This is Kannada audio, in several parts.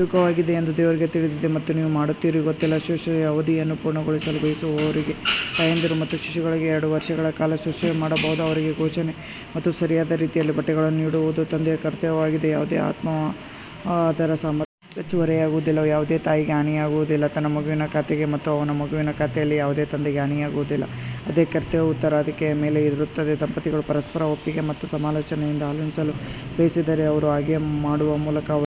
ಯೋಗ್ಯವಾಗಿದೆ ಎಂದು ದೇವರಿಗೆ ತಿಳಿದಿದೆ ಮತ್ತು ನೀವು ಮಾಡುತ್ತೀರಿ ಗೊತ್ತಿಲ್ಲ ಶುಶ್ರೂಷೆಯ ಅವಧಿಯನ್ನು ಪೂರ್ಣಗೊಳಿಸಲು ಬಯಸುವವರಿಗೆ ತಾಯಂದಿರು ತಮ್ಮ ಶಿಶುಗಳಿಗೆ ಎರಡು ವರ್ಷಗಳ ಕಾಲ ಶುಶ್ರೂಷೆ ಮಾಡಬಹುದು ಅವರಿಗೆ ಪೋಷಣೆ ಮತ್ತು ಸರಿಯಾದ ರೀತಿಯಲ್ಲಿ ಬಟ್ಟೆಗಳನ್ನು ನೀಡುವುದು ತಂದೆಯ ಕರ್ತವ್ಯವಾಗಿದೆ ಯಾವುದೇ ಆತ್ಮವು ಅದರ ಸಾಮರ್ ಹೆಚ್ಚು ಹೊರೆಯಾಗುವುದಿಲ್ಲ ಯಾವುದೇ ತಾಯಿಗೆ ಹಾನಿಯಾಗುವುದಿಲ್ಲ ತನ್ನ ಮಗುವಿನ ಖಾತೆಗೆ ಮತ್ತು ಅವನ ಮಗುವಿನ ಖಾತೆಯಲ್ಲಿ ಯಾವುದೇ ತಂದೆಗೆ ಹಾನಿಯಾಗುವುದಿಲ್ಲ, ಅದೇ ಕರ್ತವ್ಯವು ಉತ್ತರಾಧಿಕಾರಿಯ ಮೇಲೆ ಇರುತ್ತದೆ, ದಂಪತಿಗಳು ಪರಸ್ಪರ ಒಪ್ಪಿಗೆ ಮತ್ತು ಸಮಾಲೋಚನೆಯಿಂದ ಹಾಲುಣಿಸಲು ಬಯಸಿದರೆ ಅವರು ಹಾಗೆ ಮಾಡುವ ಮೂಲಕ ಅವರು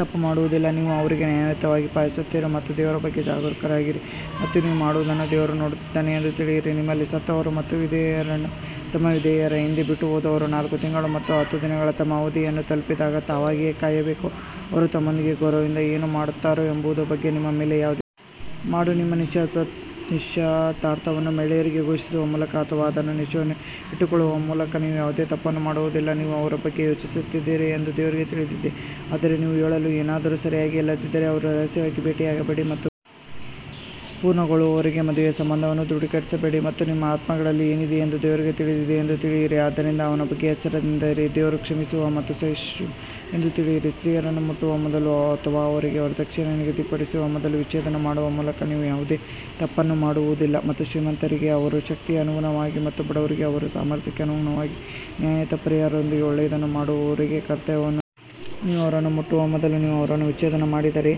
ತಪ್ಪು ಮಾಡುವುದಿಲ್ಲ ನೀವು ಅವರಿಗೆ ನ್ಯಾಯಯುತವಾಗಿ ಪಾವತಿಸುತ್ತೀರಿ ಮತ್ತು ದೇವರ ಬಗ್ಗೆ ಜಾಗರೂಕರಾಗಿರಿ ಮತ್ತು ನೀವು ಮಾಡುವದನ್ನು ದೇವರು ನೋಡುತ್ತಿದ್ದಾನೆ ಎಂದು ತಿಳಿಯಿರಿ ನಿಮ್ಮಲ್ಲಿ ಸತ್ತವರು ಮತ್ತು ವಿಧವೆಯರನ್ನು ತಮ್ಮ ವಿಧವೆಯರ ಹಿಂದೆ ಬಿಟ್ಟುಹೋದವರು ನಾಲ್ಕು ತಿಂಗಳು ಮತ್ತು ಹತ್ತು ದಿನಗಳು ತಮ್ಮ ಅವಧಿಯನ್ನು ತಲುಪಿದಾಗ ತಾವಾಗಿಯೇ ಕಾಯಬೇಕು, ಅವರು ತಮ್ಮೊಂದಿಗೆ ಗೌರವದಿಂದ ಏನು ಮಾಡುತ್ತಾರೆ ಎಂಬುದರ ಬಗ್ಗೆ ನಿಮ್ಮ ಮೇಲೆ ಯಾವುದೇ ಮಾಡು ನಿಮ್ಮ ನಿಶ್ಚಿತಾರ್ಥವನ್ನು ಮಹಿಳೆಯರಿಗೆ ಘೋಷಿಸುವ ಮೂಲಕ ಅಥವಾ ಅದನ್ನು ನಿಮ್ಮಷ್ಟಕ್ಕೇ ಇಟ್ಟುಕೊಳ್ಳುವ ಮೂಲಕ ನೀವು ಯಾವುದೇ ತಪ್ಪನ್ನು ಮಾಡುವುದಿಲ್ಲ, ನೀವು ಅವರ ಬಗ್ಗೆ ಯೋಚಿಸುತ್ತೀರಿ ಎಂದು ದೇವರಿಗೆ ತಿಳಿದಿದೆ ಆದರೆ ನೀವು ಹೇಳಲು ಏನಾದರೂ ಸರಿಯಾಗಿ ಇಲ್ಲದಿದ್ದರೆ ಅವರನ್ನು ರಹಸ್ಯವಾಗಿ ಭೇಟಿಯಾಗಬೇಡಿ ಮತ್ತು ಪೂರ್ಣಗೊಳ್ಳುವವರೆಗೆ ಮದುವೆಯ ಸಂಬಂಧವನ್ನು ದೃಢೀಕರಿಸಬೇಡಿ ಮತ್ತು ನಿಮ್ಮ ಆತ್ಮಗಳಲ್ಲಿ ಏನಿದೆ ಎಂದು ದೇವರಿಗೆ ತಿಳಿದಿದೆ ಎಂದು ತಿಳಿಯಿರಿ ಆದ್ದರಿಂದ ಅವನ ಬಗ್ಗೆ ಎಚ್ಚರದಿಂದಿರಿ ಮತ್ತು ದೇವರು ಕ್ಷಮಿಸುವ ಮತ್ತು ಸಹಿಷ್ಣು ಎಂದು ತಿಳಿಯಿರಿ ಸ್ತ್ರೀಯರನ್ನು ಮುಟ್ಟುವ ಮೊದಲು ಅಥವಾ ಅವರಿಗೆ ವರದಕ್ಷಿಣೆಯನ್ನು ನಿಗದಿಪಡಿಸುವ ಮೊದಲು ವಿಚ್ಛೇದನ ಮಾಡುವ ಮೂಲಕ ನೀವು ಯಾವುದೇ ತಪ್ಪನ್ನು ಮಾಡುವುದಿಲ್ಲ ಮತ್ತು ಶ್ರೀಮಂತರಿಗೆ ಅವರ ಶಕ್ತಿಗೆ ಅನುಗುಣವಾಗಿ ಮತ್ತು ಬಡವರಿಗೆ ಅವರ ಸಾಮರ್ಥ್ಯಕ್ಕೆ ಅನುಗುಣವಾಗಿ ನ್ಯಾಯಯುತ ಪರಿಹಾರದೊಂದಿಗೆ ಒಳ್ಳೆಯದನ್ನು ಮಾಡುವವರಿಗೆ ಕರ್ತವ್ಯವನ್ನು ನೀವು ಅವರನ್ನು ಮುಟ್ಟುವ ಮೊದಲು ನೀವು ಅವರನ್ನು ವಿಚ್ಛೇದನ ಮಾಡಿದರೆ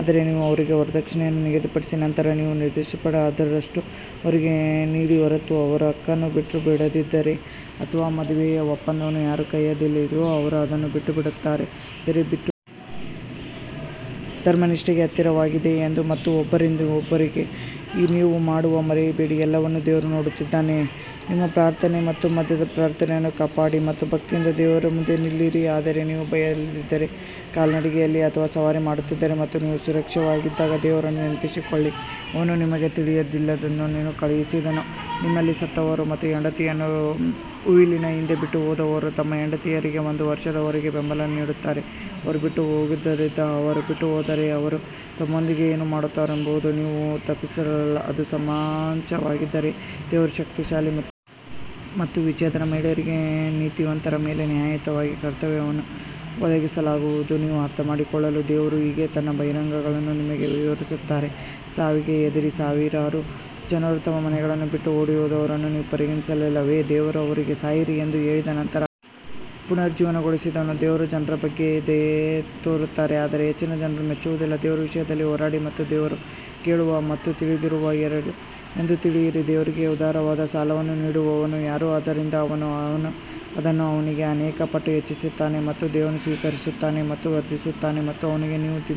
ಆದರೆ ನೀವು ಅವರಿಗೆ ವರದಕ್ಷಿಣೆಯನ್ನು ನಿಗದಿಪಡಿಸಿದ ನಂತರ ನೀವು ನಿರ್ದಿಷ್ಟಪಡಿಸಿದ ಅರ್ಧದಷ್ಟು ಅವರಿಗೆ ನೀಡಿ ಹೊರತು ಅವರು ಹಕ್ಕನ್ನು ಬಿಟ್ಟುಬಿಡದಿದ್ದರೆ ಅಥವಾ ಮದುವೆಯ ಒಪ್ಪಂದವು ಯಾರ ಕೈಯಲ್ಲಿದೆಯೋ ಅವರು ಅದನ್ನು ಬಿಟ್ಟುಬಿಡುತ್ತಾರೆ ಆದರೆ ಬಿಟ್ಟು ಧರ್ಮನಿಷ್ಠೆಗೆ ಹತ್ತಿರವಾಗಿದೆ ಮತ್ತು ಒಬ್ಬರಿಗೊಬ್ಬರು ಉದಾರತೆಯನ್ನು ಮರೆಯಬೇಡಿ ನೀವು ಮಾಡುವ ಎಲ್ಲವನ್ನೂ ದೇವರು ನೋಡುತ್ತಿದ್ದಾನೆ ನಿಮ್ಮ ಪ್ರಾರ್ಥನೆ ಮತ್ತು ಮಧ್ಯದ ಪ್ರಾರ್ಥನೆಯನ್ನು ಕಾಪಾಡಿ ಮತ್ತು ಭಕ್ತಿಯಿಂದ ದೇವರ ಮುಂದೆ ನಿಲ್ಲಿರಿ ಆದರೆ ನೀವು ಭಯದಲ್ಲಿದ್ದರೆ ಕಾಲ್ನಡಿಗೆಯಲ್ಲಿ ಅಥವಾ ಸವಾರಿ ಮಾಡುತ್ತಿದ್ದರೆ ಮತ್ತು ನೀವು ಸುರಕ್ಷಿತವಾಗಿದ್ದಾಗ ದೇವರನ್ನು ನೆನಪಿಸಿಕೊಳ್ಳಿ, ಅವನು ನಿಮಗೆ ತಿಳಿದಿಲ್ಲದದನ್ನು ನಿಮಗೆ ಕಲಿಸಿದನು ನಿಮ್ಮಲ್ಲಿ ಸತ್ತವರು ಮತ್ತು ಹೆಂಡತಿಯರನ್ನು ಉಯಿಲಿನ ಹಿಂದೆ ಬಿಟ್ಟುಹೋದವರು ತಮ್ಮ ಹೆಂಡತಿಯರಿಗೆ ಒಂದು ವರ್ಷದವರೆಗೆ ಬೆಂಬಲವನ್ನು ನೀಡುತ್ತಾರೆ ಅವರು ಬಿಟ್ಟು ಹೋಗದಿದ್ದರೆ ಅವರು ಬಿಟ್ಟುಹೋದರೆ ಅವರು ತಮ್ಮೊಂದಿಗೆ ಏನು ಮಾಡುತ್ತಾರೆಂಬುದಕ್ಕೆ ನೀವು ತಪ್ಪಿತಸ್ಥರಲ್ಲ, ಅದು ಸಮಂಜಸವಾಗಿದ್ದರೆ ದೇವರು ಶಕ್ತಿಶಾಲಿ ಮತ್ತು ಮತ್ತು ವಿಚ್ಛೇದಿತ ಮಹಿಳೆಯರಿಗೆ ನೀತಿವಂತರ ಮೇಲೆ ನ್ಯಾಯಯುತವಾಗಿ ಕರ್ತವ್ಯವನ್ನು ಒದಗಿಸಲಾಗುವುದು ನೀವು ಅರ್ಥಮಾಡಿಕೊಳ್ಳಲು ದೇವರು ಹೀಗೆ ತನ್ನ ಬಹಿರಂಗಗಳನ್ನು ನಿಮಗೆ ವಿವರಿಸುತ್ತಾನೆ ಸಾವಿಗೆ ಹೆದರಿ ಸಾವಿರಾರು ಜನರು ತಮ್ಮ ಮನೆಗಳನ್ನು ಬಿಟ್ಟು ಓಡಿಹೋದವರನ್ನು ನೀವು ಪರಿಗಣಿಸಲಿಲ್ಲವೇ, ದೇವರು ಅವರಿಗೆ ಸಾಯಿರಿ ಎಂದು ಹೇಳಿದ ನಂತರ ಪುನರುಜ್ಜೀವನಗೊಳಿಸಿದನು ದೇವರು ಜನರ ಬಗ್ಗೆ ದಯೆ ತೋರುತ್ತಾನೆ ಆದರೆ ಹೆಚ್ಚಿನ ಜನರು ಮೆಚ್ಚುವುದಿಲ್ಲ ದೇವರ ವಿಷಯದಲ್ಲಿ ಹೋರಾಡಿ ಮತ್ತು ದೇವರು ಕೇಳುವ ಮತ್ತು ತಿಳಿದಿರುವ ಎಂದು ತಿಳಿಯಿರಿ ದೇವರಿಗೆ ಉದಾರವಾದ ಸಾಲವನ್ನು ನೀಡುವವನು ಯಾರು, ಆದ್ದರಿಂದ ಅವನು ಅದನ್ನು ಅವನಿಗೆ ಅನೇಕ ಪಟ್ಟು ಹೆಚ್ಚಿಸುತ್ತಾನೆ ಮತ್ತು ದೇವರು ಸ್ವೀಕರಿಸುತ್ತಾನೆ ಮತ್ತು ವರ್ಧಿಸುತ್ತಾನೆ ಮತ್ತು ಅವನಿಗೆ ನೀವು